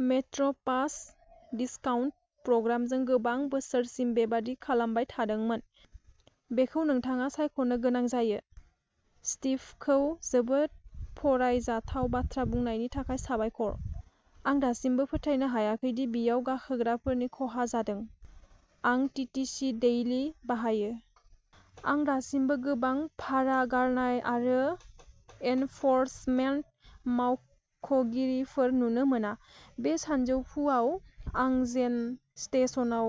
Metro' pass discount प्रग्रामजों गोबां बोसोरसिम बेबादि खालामबाय थादोंमोन। बेखौ नोंथाङा सायख'नो गोनां जायो। स्टिभखौ जोबोद फरायजाथाव बाथ्रा बुंनायनि थाखाय साबायखर। आं दासिमबो फोथायनो हायाखै दि बेयाव गाखोग्राफोरनि खहा जादों। आं टिटिसि डेइलि बाहायो। आं दासिमबो गोबां भारा गारनाय आरो एनफरसमेन्ट मावख'गिरिफोर नुनो मोना। बे सानजौफुआव आं जेन स्टेशनआव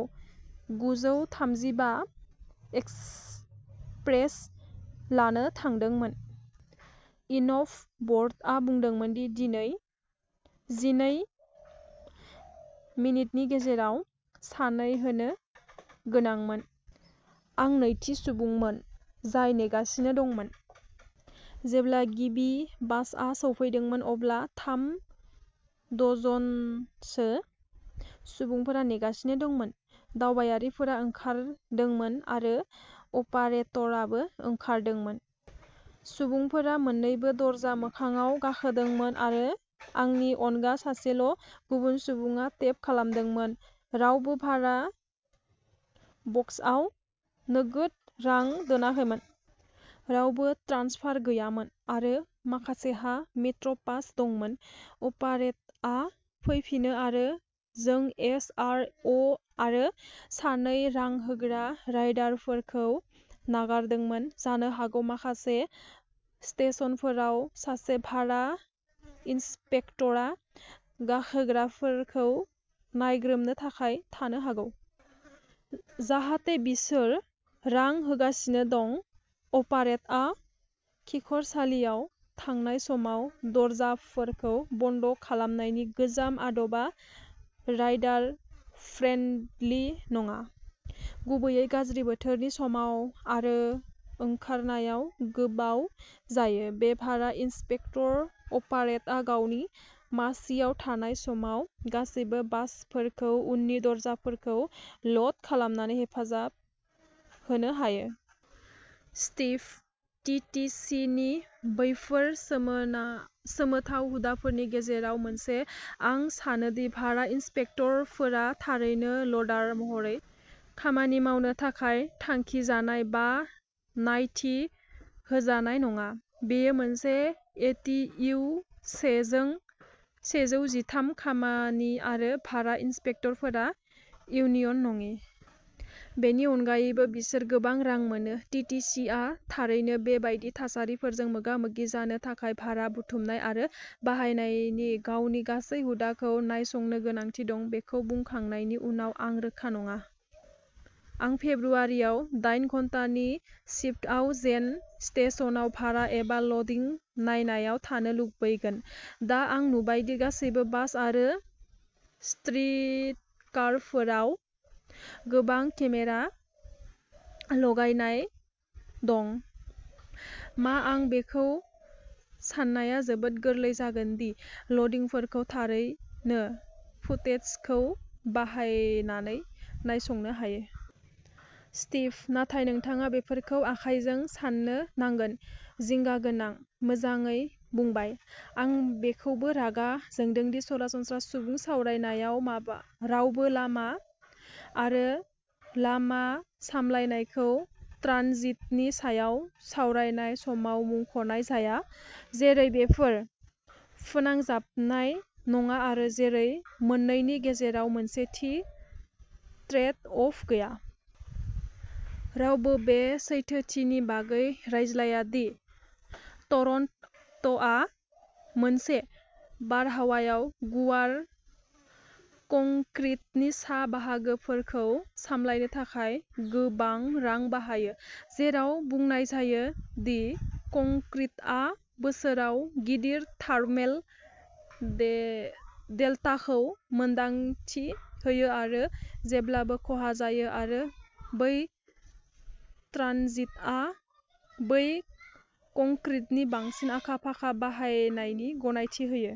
गुजौ थामजिबा एक्सप्रेस लानो थांदोंमोन। इनफ' बर्डआ बुंदोंमोन दि जिनै मिनिटनि गेजेराव सानै होनो गोनांमोन। आं नैथि सुबुंमोन जाय नेगासिनो दंमोन। जेब्ला गिबि बासआ सौफैदोंमोन अब्ला थाम दजनसो सुबुंफोरा नेगासिनो दंमोन। दावबायारिफोरा ओंखारदोंमोन आरो अपारेटरआबो ओंखारदोंमोन। सुबुंफोरा मोननैबो दरजा मोखांआव गाखोदोंमोन आरो आंनि अनगा सासेल' गुबुन सुबुङा टेप खालामदोंमोन। रावबो भारा बक्सआव नोगोद रां दोनाखैमोन। रावबो ट्रान्सफार गैयामोन। आरो माखासेहा मेट्र' पास दंमोन। अपारेटरआ फैफिनो आरो जों एस आर अ' आरो सानै रां होग्रा राइडारफोरखौ नागारदोंमोन। जानो हागौ माखासे स्टेशनफोराव सासे भारा इन्सपेक्टरआ गाखोग्राफोरखौ नायग्रोमनो थाखाय थानो हागौ। जाहाथे बिसोर रां होगासिनो दं। अपारेटरआ खिखरसालियाव थांनाय समाव दरजाफोरखौ बन्द खालामनायनि गोजाम आदबा राइडार फ्रेन्डलि नङा। गुबैयै गाज्रि बोथोरनि समाव आरो ओंखारनायाव गोबाव जायो। बे भारा इन्सपेक्टर अपारेटआ गावनि मासिआव थानाय समाव गासैबो बासफोरखौ उननि दरजाफोरखौ ल'ड खालामनानै हेफाजाब होनो हायो। स्टीभ: टि टि सि नि बैफोर सोमोना सोमोथाव हुदाफोरनि गेजेराव मोनसे आं सानो दि भारा इन्सपेक्टरफोरा थारैनो ल'डार महरै खामानि मावनो थाखाय थांखिजानाय बा नायथि होजानाय नङा। बेयो मोनसे ए टि इउ सेजों सेजौ जिथाम खामानि आरो भारा इन्सपेक्टरफोरा इउनियन नङि। बेनि अनगायैबो बिसोर गोबां रां मोनो। टि टि सि आ थारैनो बे बायदि थासारिफोरजों मोगा-मोगि जानो थाखाय भारा बुथुमनाय आरो बाहायनायनि गावनि गासै हुदाखौ नायसंनो गोनांथि दं। बेखौ बुंखांनायनि उनाव आं रोखा नङा। आं फेब्रुवारियाव दाइन घन्टानि सिफ्टआव जेन स्टेशनआव भारा एबा ल'डिं नायनायाव थानो लुबैगोन। दा आं नुबाय दि गासिबो बास आरो स्ट्रिटकारफोराव गोबां केमेरा लगायनाय दं। मा आं बेखौ साननाया जोबोद गोरलै जागोन दि ल'डिंफोरखौ थारैनो फुटेजखौ बाहायनानै नायसंनो हायो। स्टीभः नाथाय नोंथाङा बेफोरखौ आखाइजों साननो नांगोन। जिंगा गोनां। मोजाङै बुंबाय। आं बेखौबो रागा जोंदों दि सरासनस्रा सुबुं सावरायनायाव माबा रावबो लामा आरो लामा सामलायनायखौ ट्रानजिटनि सायाव सावरायनाय समाव मुंख'नाय जाया। जेरै बेफोर फोनांजाबनाय नङा आरो जेरै मोननैनि गेजेराव मोनसे थि ट्रेड अफ गैया। रावबो बे सैथोथिनि बागै रायज्लाया दि टरन्ट'आ मोनसे बारहावायाव गुवार कंक्रिटनि सा बाहागोफोरखौ सामलायनो थाखाय गोबां रां बाहायो। जेराव बुंनाय जायो दि कंक्रिटआ बोसोराव गिदिर थार्मेल डे डेल्टाखौ मोन्दांथि होयो आरो जेब्लाबो खहा जायो आरो बै ट्रानजिटआ बै कंक्रिटनि बांसिन आखा-फाखा बाहायनायनि गनायथि होयो।